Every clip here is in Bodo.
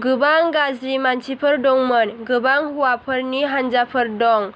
गोबां गाज्रि मानसिफोर दंमोन। गोबां हौवाफोरनि हानजाफोर दं,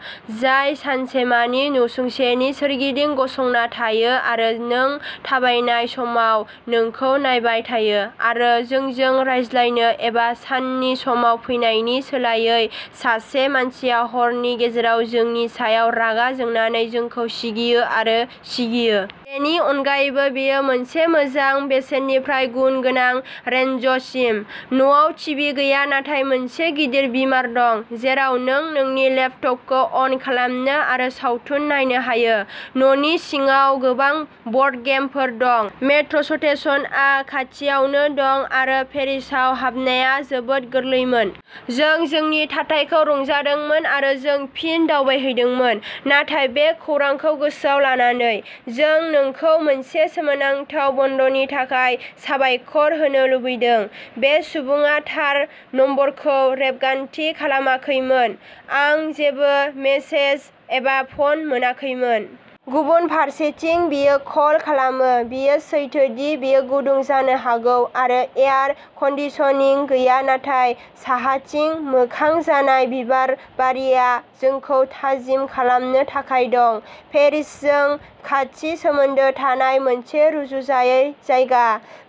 जाय सानसेमानि नसुंसेनि सोरगिदिं गसंना थायो आरो नों थाबायनाय समाव नोंखौ नायबाय थायो। आरो जोंजों रायज्लायनो एबा साननि समाव फैनायनि सोलायै, सासे मानसिया हरनि गेजेराव जोंनि सायाव रागा जोंनानै जोंखौ सिगियो आरो सिगियो। बेनि अनगायैबो, बेयो मोनसे मोजां बेसेननिफ्राय गुन गोनां रेन्जसिम। न'आव टिभि गैया नाथाय मोनसे गिदिर बीमार दं जेराव नों नोंनि लेपटपखौ अन खालामनो आरो सावथुन नायनो हायो। न'नि सिङाव गोबां ब'र्डगेमफोरबो दं। मेट्र'स्टेशनआ खाथियावनो दं आरो पेरिसाव हाबनाया जोबोद गोरलैमोन। जों जोंनि थाथायखौ रंजादोंमोन आरो जों फिन दावबायहैदोंमोन नाथाय बे खौरांखौ गोसोआव लानानै। जों नोंखौ मोनसे सोमोनांथाव बन्दनि थाखाय साबायखर होनो लुबैदों। बे सुबुङा थार नम्बरखौ रेबगान्थि खालामाखैमोन, आं जेबो मेसेज एबा फ'न मोनाखैमोन। गुबुन फारसेथिं बियो कल खालामो। बेयो सैथो दि बेयो गुदुं जानो हागौ आरो एयार कन्दिसनिं गैया नाथाय साहाथिं मोखां जानाय बिबारबारिया जोंखौ थाजिम खालामनो थाखाय दं। पेरिसजों खाथि सोमोन्दो थानाय मोनसे रुजुजायै जायगा,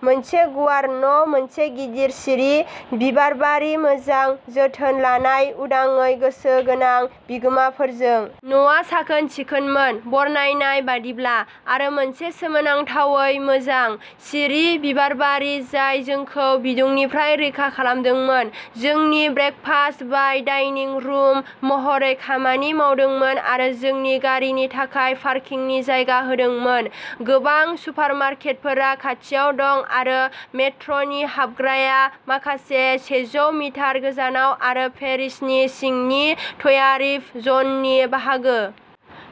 मोनसे गुवार न', मोनसे गिदिर सिरि बिबारबारि मोजां जोथोन लानाय, उदाङै गोसो गोनां बिगोमाफोरजों। न'आ साखोन-सिखोनमोन, बरनायनाय बायदिब्ला आरो मोनसे सोमोनांथावै मोजां, सिरि बिबारबारि जाय जोंखौ बिदुंनिफ्राय रैखा खालामदोंमोन, जोंनि ब्रेकफास्ट डाइनिं रुम महरै खामानि मावदोंमोन आरो जोंनि गारिनि थाखाय पार्किंनि जायगा होदोंमोन। गोबां सुपारमार्केटफोरा खाथियाव दं आरो मेट्र'नि हाबग्राया माखासे सेजौ मिटार गोजानाव आरो पेरिसनि सिंनि ट्यारिफ जननि बाहागो।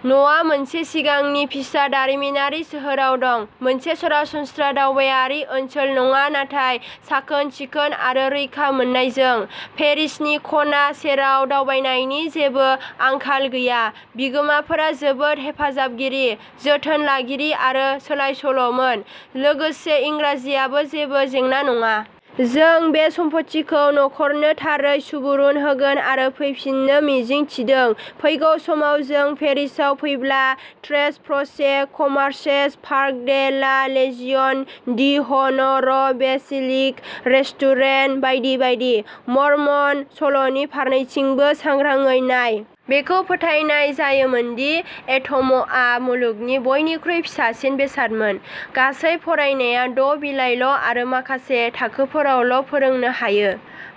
न'आ मोनसे सिगांनि फिसा दारिमिनारि सोहोराव दं। मोनसे सरासनस्रा दावबायारि ओनसोल नङा नाथाय साखोन-सिखोन आरो रैखा मोननायजों। पेरिसनि खना सेराव दावबायनायनि जेबो आंखाल गैया। बिगोमाफोरा जोबोद हेफाजाबगिरि, जोथोन लागिरि आरो सोलायसोल'मोन। लोगोसे इंराजिआबो जेबो जेंना नङा। जों बे सम्फथिखौ न'खरनो थारै सुबुरुन होगोन आरो फैफिननो मिजिं थिदों, फैगौ समाव जों पेरिसाव फैब्ला। ट्रेस प्र'चे कमार्सेस, Parc de la Legion d'Honneur, बेसिलिक रेस्टुरेन्ट बायदि बायदि।... मर्मन सल'नि फारनैथिंबो सांग्राङै नाय। बेखौ फोथायनाय जायोमोन दि एट'मआ मुलुगनि बयनिख्रुइ फिसासिन बेसादमोन। गासै फरायनाया द'बिलाइल'आरो माखासे थाखोफोरावल'फोरोंनो हायो।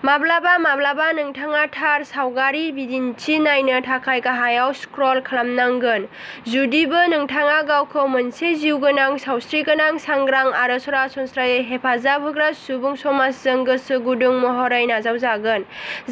माब्लाबा माब्लाबा नोंथाङा थार मानसावगारि बिदिन्थि नायनो थाखाय गाहायाव स्क्रल खालामनांगोन। जुदिबो नोंथाङा गावखौ मोनसे जिउगोनां सावस्रिगोनां, सांग्रां आरो सरासनस्रायै हेफाजाब होग्रा सुबुं समाजजों गोसो गुदुं महरै नाजावजागोन,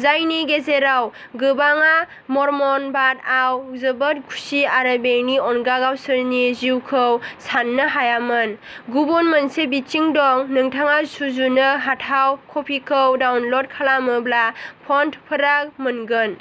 जायनि गेजेराव गोबांआ मर्मनबादआव जोबोद खुसि आरो बेनि अनगा गावसोरनि जिउखौ सान्नो हायामोन, गुबुन मोनसे बिथिं दंः नोंथाङा सुजुनो हाथाव कपिखौ डाउनल'ड खालामोब्ला, फन्टफोरा मोनगोन।